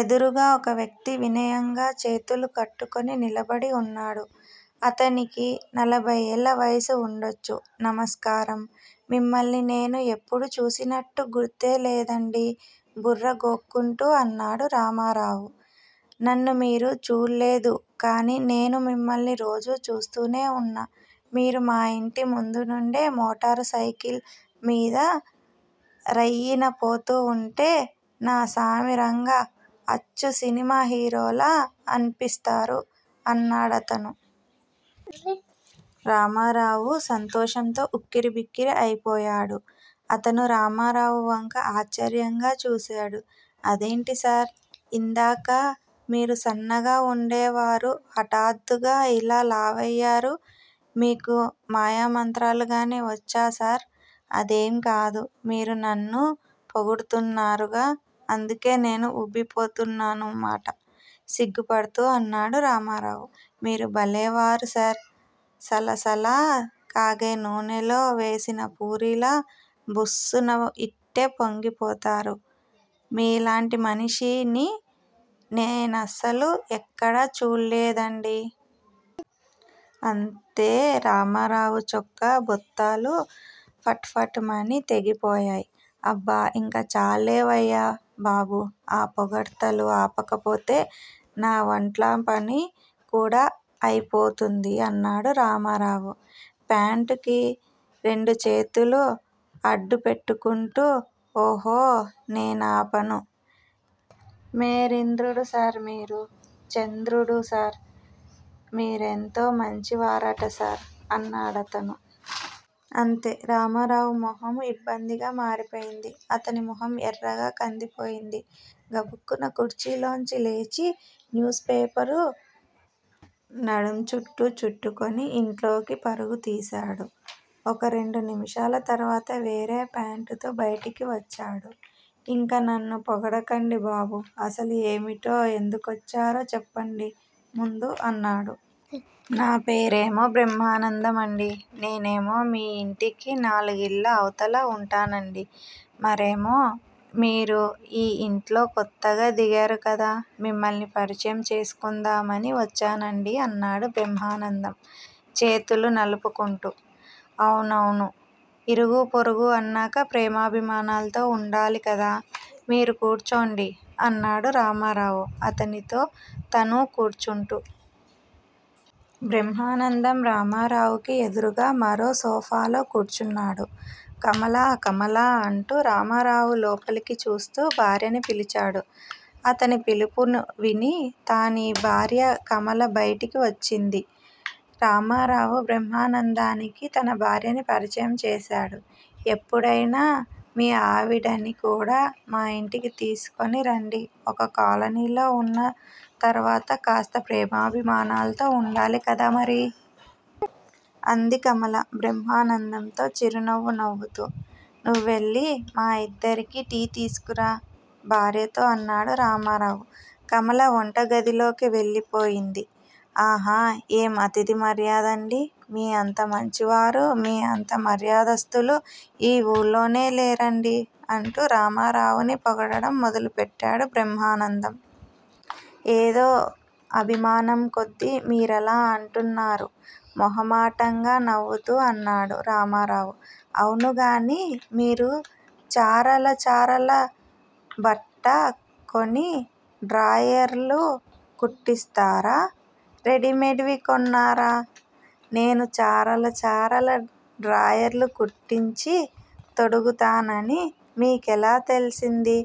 ఎదురుగా ఒక వ్యక్తి వినయంగా చేతులు కట్టుకుని నిలబడి ఉన్నాడు. అతనికి నలభై ఏళ్ల వయసు ఉండొచ్చు. నమస్కారం! మిమ్మల్ని నేను ఎప్పుడూ చూసినట్టు గుర్తులేదండీ బుర్ర గోక్కుంటూ అన్నాడు రామారావు. నన్ను మీరు చూళ్ళేదు కానీ నేను మిమ్మల్ని రోజూ చూస్తూనే ఉన్నా మీరు మాయింటి ముందునుండే మోటార్ సైకిల్ మీద రయ్యిన పోతూ ఉంటే నా సామిరంగా అచ్చు సినిమా హీరోలా అన్పిస్తారు అన్నాడతను. రామారావు సంతోషంతో ఉక్కిరిబిక్కిరి అయిపోయాడు. అతను రామారావు వంక ఆశ్చర్యంగా చూశాడు. అదేంటి సార్ ఇందాక మీరు సన్నగా ఉండేవారు హఠాత్తుగా ఇలా లావెలాఅయ్యారు? మీకు మాయమంత్రాలు గానీ వచ్చాసార్? అదేంకాదు మీరు నన్ను పొగుడ్తున్నరుగా అందుకే నేను ఉబ్బిపోతున్నానన్నమాట! సిగ్గుపద్తూ అన్నాడు రామారావు. మీరు భలేవారు సార్ సలసలా కాగే నూనెలో వేసిన పూరీలా బుస్సున ఇట్టే పొంగిపోతారు మీలాంటి మనిషిని నేనస్సలు ఎక్కడా చూళ్ళేదండీ. అంతే రామారావు చొక్కా బొత్తాలు ఫట్ ఫట్ మని తెగిపోయాయ్. అబ్బ ఇంక చాల్లేవయ్యా బాబూ ఆ పొగడ్తలు ఆపకపోతే నా వంట్లాంపని కూడా అయిపోతుంది అన్నాడు రామారావు ప్యాంటుకి రెండుచేతులూ అడ్డుపెట్టుకుంటూ. ఊహో నేనాపను మేరింద్రుడు సార్ మీరు చంద్రుడు సార్ మీరెంతో మంచివారట సార్ అన్నాడతను. అంతే రామారావు మొహం ఇబ్బందిగా మారిపోయింది. అతని మొహం ఎర్రగా కందిపోయింది. గబుక్కున కుర్చీలోంచి లేచి న్యూస్ పేపరు నడుంచుట్టు చుట్టుకుని ఇంట్లోకి పరుగు తీశాడు. ఒక రెండు నిముషాల తర్వాత వేరే ఫ్యాంటుతో బయటికి వచ్చాడు. ఇంక నన్ను పొగడకండి బాబూ అసలు ఏమిటో ఎందుకొచ్చారో చెప్పండి ముందు అన్నాడు. నా పేరేమో బ్రహ్మానందం అండీ నేనేమో మీ యింటికి నాలుగిళ్ళ అవతల ఉంటానండీ మరేమో మీరు ఈ యింట్లో కొత్తగా దిగారు కదా మిమ్మల్ని పరిచయం చేస్కుందామని వచ్చానండీ అన్నాడు బ్రహ్మానందం చేతులు నలుపుకుంటూ. అవునవును ఇరుగూ పొరుగూ అన్నాక ప్రేమాభిమానాల్తో ఉండాలి కదా! మీరు కూర్చోండి అన్నాడు రామారావు అతనితో తనూ కూర్చుంటూ. బ్రహ్మానందం రామారావుకి ఎదురుగా మరో సోఫాలో కూర్చున్నాడు. కమలా కమలా అంటూ రామారావు లోపలికి చూస్తూ భార్యని పిలిచాడు. అతని పిలుపు విని తాని భార్య కమల బయటికి వచ్చింది. రామారావు బ్రహ్మానందానికి తన భార్యని పరిచయం చేశాడు. ఎప్పుడైనా మీ ఆవిడని కూడా మాయింటికి తీస్కుని రండి ఒక కాలనీలో ఉన్నతర్వత కాస్త ప్రేమాభిమానాల్తో ఉండాలి కదా మరి? అంది కమల బ్రహ్మానందంతో చిరునవ్వు నవ్వుతూ. నువ్వెళ్లి మా యిద్దరికీ టీ తీస్కురా భార్యతో అన్నాడు రామారావు. కమల వంటగదిలోకి వెళ్లిపోయింది. ఆహా ఏం అతిధి మర్యాదండీ మీ అంత మంచివారూ మీ అంత మర్యాదస్తులూ ఈ ఊళ్లోనే లేరండీ అంటూ రామారావుని పొగడడం మొదలుబెట్టాడు బ్రహ్మానందం. ఏదో అభిమానంకొద్దీ మీరలా అంటున్నారు మొహమాటంగా నవ్వుతూ అన్నాడు రామారావు. అవును గానీ మీరు చారల చారల బట్ట కొని డ్రాయర్లు కుట్టిస్తారా? రెడీమేడ్ వి కొనరా? ' నేను చారలచారల డ్రాయర్లు కుట్టించి తొడుగుతానని మీకెలా తెల్సింది?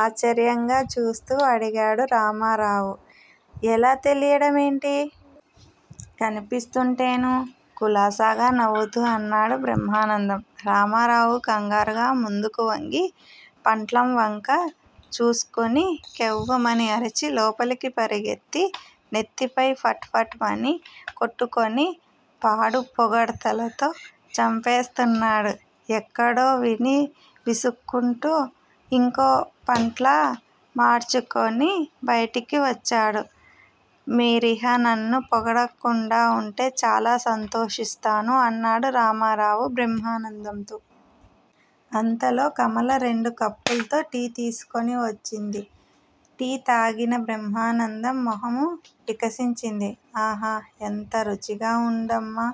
ఆశ్చర్యంగా చూస్తూ అడిగాడు రామారావు. ఎలా తెలియడం ఏంటి? కనిపిస్తుంటేనూ? కులాసాగా నవ్వుతూ అన్నాడు బ్రహ్మానందం. రామారావు కంగారుగా ముందుకు వంగి పంట్లాంవంక చూస్కుని కెవ్వుమని అరిచి లోపలికి పరిగెత్తి నెత్తిపై ఫట్ ఫట్ మని కొట్టుకుని పాడు పొగడ్తలతో చంపేస్తున్నాడు ఎక్కడో అని విసుక్కుంటూ ఇంకో పంట్లాం మార్చుకుని బయటికి వచ్చాడు. మీరిహ నన్ను పొగడకుండా ఉంటే చాలా సంతోషిస్తాను అన్నాడు రామారావు బ్రహ్మానందంతో. అంతలో కమల రెండు కప్పుల్తో టీ తీస్కుని వచ్చింది. టీ తాగిన బ్రహ్మానందం మొహం వికసించింది. ఆహా ఎంత రుచిగా ఉందమ్మా